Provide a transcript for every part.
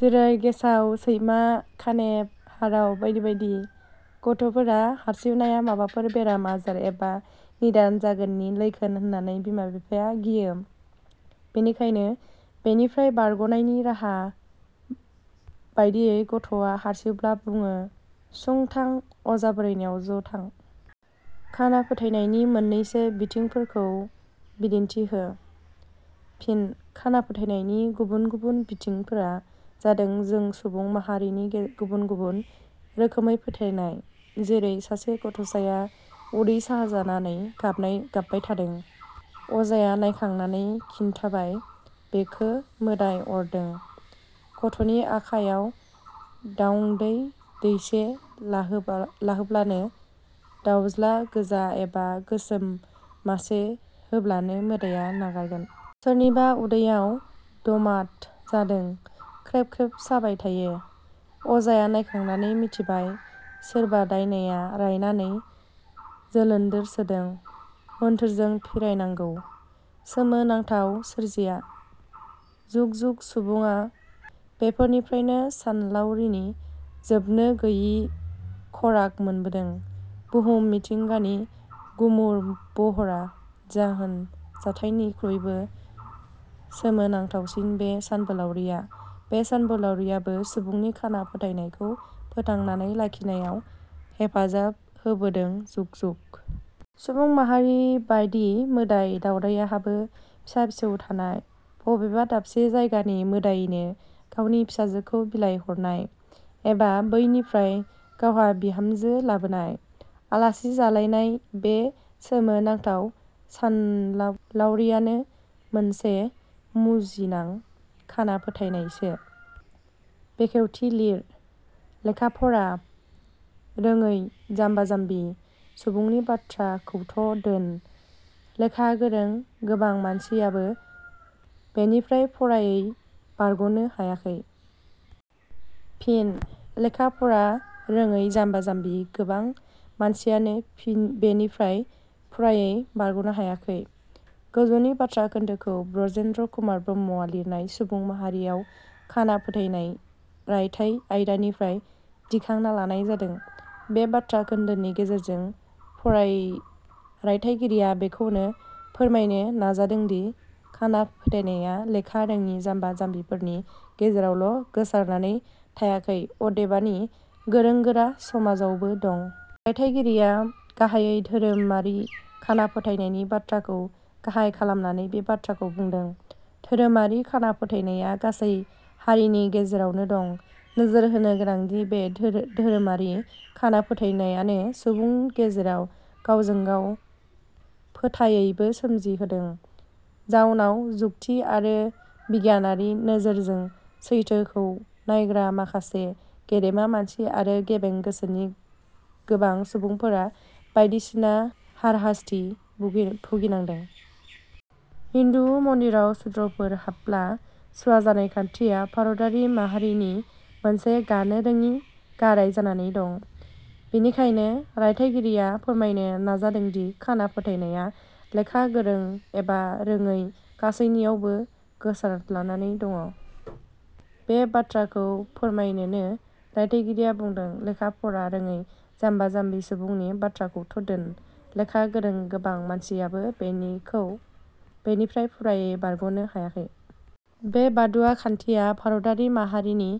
जेरै – गेसाव, सैमा, खानेब, हाराव बायदि बायदि। गथ 'फोरा हारसिउनाया माबाफोर बेमार आजार एबा निदान जागोननि लैखोन होन्नानै बिमा-बिफाया गियो। बेनिखायनो बेनिफ्राय बारग 'नायनि राहा बादियै गथ'आ हारसिउब्ला बुडो – सुन्थां, अजा बोराइनियाव ज 'थां। खाना फोथायनायनि मोननैसो बिथिंफोरखौ बिदिन्थि हो। फिन: खाना फोथायनायनि गुबुन गुबुन बिथिंफोरा जादों जों सुबुं माहारिनि गुबुन गुबुन रोखोमै फोथायनाय। जेरै-सासे गथ'साया उदै साजानानै गाबबाय थादों। अजाया नायखांनानै खिन्थाबाय बिखो मोदाइ अरदों; गथ'नि आखायाव दाउंदै दैसे लाहोब्लानो, दाउज़्ला गोजा एबा गोसोम मासे होब्लानो मोदाइया नागारगोन। सोरनिबा उदैयाव दमाद जादों, ख्रेब ख्रेब साबाय थायो। अजाया नायखांनानै मिथिबाय- सोरबा दाइनाया रायनानै जोलोन्दोर सोदों; मोन्थोरजों फिरायनांगौ। सोमो नांथाव सोरजिया। जुग जुग सुबुडा बेफोरनिफ्रायनो सानलावरिनि जोबनो गैयि खराग मोनबोदों। बुहुम मिथिंगानि गुमुर बहरा जाहोन जाथायनिखुइबो सोमो नांथावसिन बे सानबोलाउरिया बे सानलावरियाबो सुबुंनि खाना फोथायनायखौ फोथांनानै लाखिनायाव हेफाजाब होबोदों जुग-जुग। सुबुं माहारिबादि मोदाइ- दाउदायहाबो फिसा फिसौ थानाय, बबेबा दाबसे जायगानि मोदाइनो गावनि फिसाजोखौ बिलाय हरनाय, एबा बैनिफ्राय गावहा बिहामजो लाबोनाय, आलासि जालायनाय बे सोमो नांथाव सानलावरियानो मोनसे मुजिनां खाना फोथायनायसो।. बेखेवथि लिर:- लेखा-फरा रोङै-जाम्बा-जाम्बि सुबुंनि बाथ्राखौथ' दोन, लेखा गोरों गोबां मानसियाबो बेनिफ्राय फरायै बारगनो हायाखै। फिन: "लेखा-फरा रोङै जाम्बा-जाम्बि गोबां मानसियानो बेनिफ्राय फुरायै बारगनो हायाखै। " गोजौनि बाथ्रा खोन्दोखौ ब्रजेन्द्र कुमार ब्रह्मआ लिरनाय सुबुं माहारियाव खाना फोथाइनाय रायथाइ आयदानिफ्राय दिखांना लानाय जादों। बे बाथ्रा खोन्दोनि गेजेरजों रायथाइगिरिया बेखौनो फोरमायनो नाजादोंदि खाना फोथायनाया लेखा रोङि जाम्बा जाम्बिफोरनि गेजेरावल' गोसारनानै थायाखै अदेबानि गोरों-गोरा समाजावबो दं। रायथाइगिरिया गाहायै धोरोमारि खाना फोथायनायनि बाथ्राखौ गाहाइ खालामनानै बे बाथ्राखौ बुंदों। धोरोमारि खाना फोथायनाया गासै हारिनि गेजेरावनो दं। नोजोर होनो गोनांदि बे धोरोमारि खाना फोथायनायानो सुबुंनि गेजेराव गांवजों गाव फोथायैबो सोमजिहोदों। जाउनाव जुकथि आरो बिगियानारि नोजोरजों सैथोखौ नायग्रा माखासे गेदेमा मानसि आरो गेबें गोसोनि गोबां सुबुंफोरा बायदिसिन हाराहास्थि भुगिनांदों। हिन्दु मन्दिराव सुद्रफोर, हाबब्ला सुवा जानाय खान्थिया भारतारि माहारिनि मोनसे गानो रोडि-गाराइ जानानै दं। बेनिखायनो रायथाइगिरिया फोरमायनो नाजादोंदि खाना फोथायनाया लेखा गोरों लेखा रोङै गासैनियावबो गोसारदलानानै दं। बे बाथ्राखौ फोरमायनोनो रायथाइगिरिया बुंदों "लेखा फरा रोङै जाम्बा-जाम्बि सुबुंनि बाथ्राखौथ' दोन, लेखा गोरों गोबां मानसियाबो बेनिफ्राय फुरायै बारगनो हायाखै। "बे बादुवा खान्थिया भारतारि माहारिनि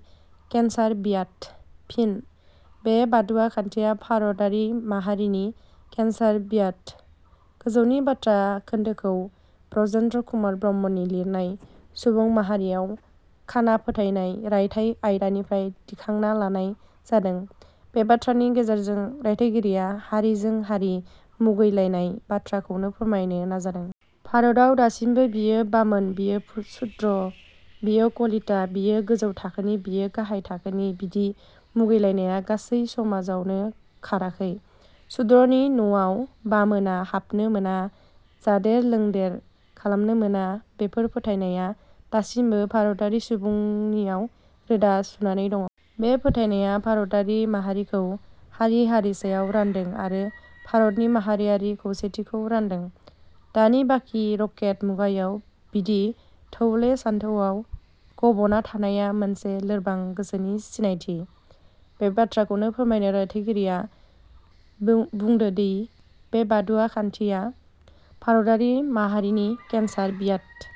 केन्सार बियाद"। फिन: "बे बादुवा खान्थिया भारतारि माहारिनि केन्सार बियाद" गोजौनि बाथ्रा खोन्दोखौ ब्रजेन्द्र कुमार ब्रह्मनि लिरनाय "सुबुं माहारियाव खाना फोथायनाय रायथाइ आयदानिफ्राय दिखांना लानाय जादों। बे बाथ्रानि गेजेरजों रायथाइगिरिया हारिजों हारि मुगैलायनाय बाथ्राखौनो फोरमायनो नाजादों। भारताव दासिमबो बियो बामोन बियो सुद्र, बियो कलिता, बियो गोजौ थाखोनि बियो गाहाय थाखोनि बिदि मुगैलायनाया गासै समाजावनो खाराखै। सुद्रनि नवाव बामोना हाबनो मोना जादेर लोंदेर खालामनो मोना बेफोर फोथायनाया दासिमबो भारतारि सुबुंनियाव रोदा सुनानै दं। बे फोथायनाया भारतारि माहारिखौ हारि-हारिसायाव रान्दों आरो भारतारिनि माहारियारि खौसेथिखौ रान्दों। दानि बादि रकेट मुगायाव बिदि थौले सान्थायाव गफबना थानाया मोनसे लोरबां गोसोनि सिनायथि। बे बाथ्राखौनो फोरमायनो रायथाइगिरिया बुंदोदि बे बादुवा खान्थिया भारतारि माहारिनि केन्सार बियाद।